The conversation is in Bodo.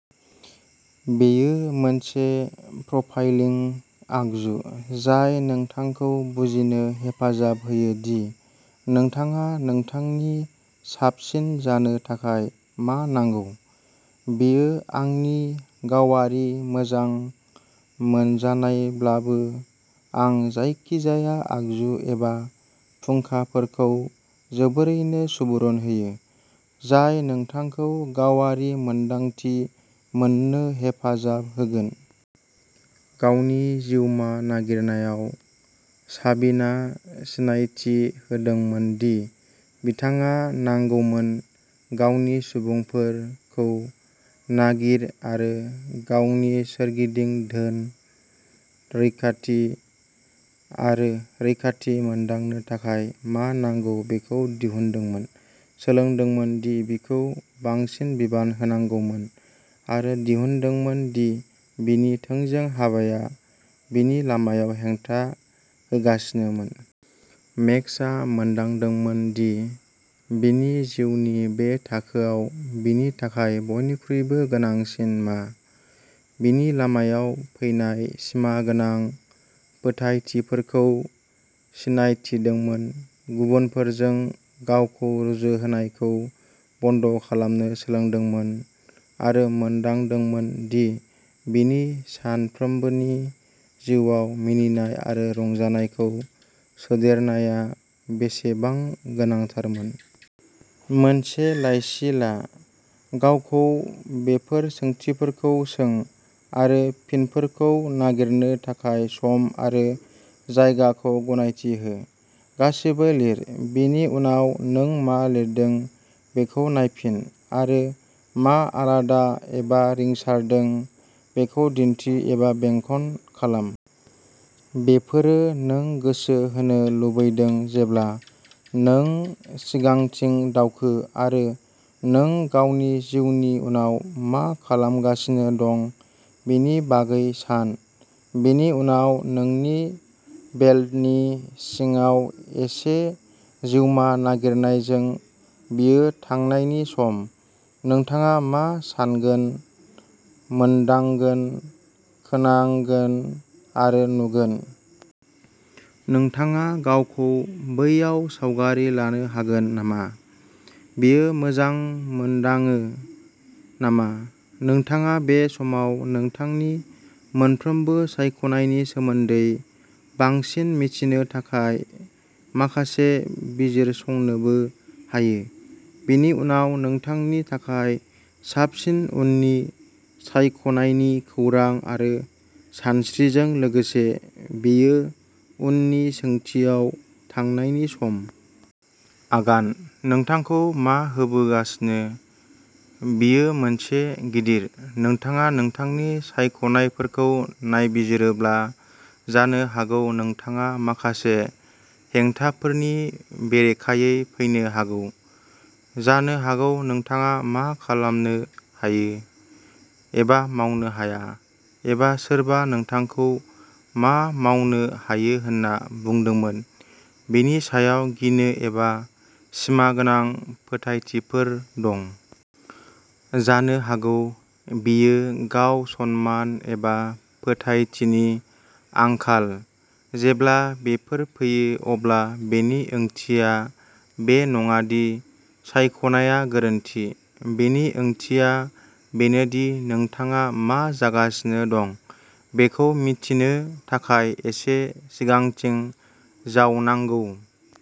बेयो मोनसे प्रफाइलिं आगजु जाय नोंथांखौ बुजिनो हेफाजाब होयो दि नोंथाङा नोंथांनि साबसिन जानो थाखाय मा नांगौ। बेयो आंनि गावारि मोजां मोनजानायब्लाबो, आं जायखिजाया आगजु एबा फुंखाफोरखौ जोबोरैनो सुबुरुन होयो जाय नोंथांखौ गावारि मोनदांथि मोन्नो हेफाजाब होगोन। गावनि जिउमा नागिरनायाव, साबिना सिनायथि होदोंमोन दि बिथाङा नांगौमोन। गावनि "सुबुंफोर" खौ नागिर आरो गावनि सोरगिदिं दोन; रैखाथि आरो रैखाथि मोनदांनो थाखाय मा नांगौ बेखौ दिहुनदोंमोन; सोलोंदोंमोन दि बिखौ बांसिन बिबान होनांगौमोन; आरो दिहुनदोंमोन दि बिनि थोंजों हाबाया बिनि लामायाव हेंथा होगासिनोमोन। मेक्सआ मोनदांदोंमोन दि बिनि जिउनि बे थाखोआव बिनि थाखाय बयनिख्रुइबो गोनांसिन मा, बिनि लामायाव फैनाय सिमा गोनां फोथायथिफोरखौ सिनायथिदोंमोन, गुबुनफोरजों गावखौ रुजुहोनायखौ बन्द खालामनो सोलोंदोंमोन आरो मोनदांदोंमोन दि बिनि सानफ्रोमबोनि जिउआव मिनिनाय आरो रंजानायखौ सोदेरनाया बेसेबां गोनांथारमोन। मोनसे लाइसि ला। गावखौ बेफोर सोंथिफोरखौ सों आरो फिनफोरखौ नागिरनो थाखाय सम आरो जायगाखौ गनायथि हो। गासैबो लिर। बेनि उनाव, नों मा लिरदों बेखौ नायफिन आरो मा आलादा एबा रिंसारदों बेखौ दिन्थि एबा बेंखन खालाम। बेफोरो नों गोसो होनो लुबैदों जेब्ला नों सिगांथिं दावखो आरो नों गावनि जिउनि उनाव मा खालामगासिनो दं बेनि बागै सान। बेनि उनाव, नोंनि बेल्टनि सिङाव एसे जिउमा नागिरनायजों, बेयो थांनायनि सम। नोंथाङा मा सानगोन, मोनदांगोन, खोनांगोन आरो नुगोन? नोंथाङा गावखौ बैयाव सावगारि लानो हागोन नामा? बेयो मोजां मोनदाङो नामा? नोंथाङा बे समाव नोंथांनि मोनफ्रोमबो सायख'नायनि सोमोन्दै बांसिन मिथिनो थाखाय माखासे बिजिरसंनोबो हायो। बेनि उनाव, नोंथांनि थाखाय साबसिन उननि सायख'नायनि खौरां आरो सानस्रिजों लोगोसे, बेयो उननि सोंथियाव थांनायनि सम। आगान: नोंथांखौ मा होबोगासिनो? बेयो मोनसे गिदिर। नोंथाङा नोंथांनि सायख'नायफोरखौ नायबिजिरोब्ला, जानो हागौ नोंथाङा माखासे हेंथाफोरनि बेरेखायै फैनो हागौ। जानो हागौ नोंथाङा मा खालामनो हायो एबा मावनो हाया एबा सोरबा नोंथांखौ मा मावनो हायो होनना बुंदोंमोन बेनि सायाव गिनो एबा सिमा गोनां फोथायथिफोर दं। जानो हागौ बेयो गाव-सनमान एबा फोथायथिनि आंखाल। जेब्ला बेफोर फैयो, अब्ला बेनि ओंथिया बे नङा दि सायख'नाया गोरोन्थि, बेनि ओंथिया बेनो दि नोंथाङा मा जागासिनो दं बेखौ मिथिनो थाखाय एसे सिगांथिं जावनांगौ।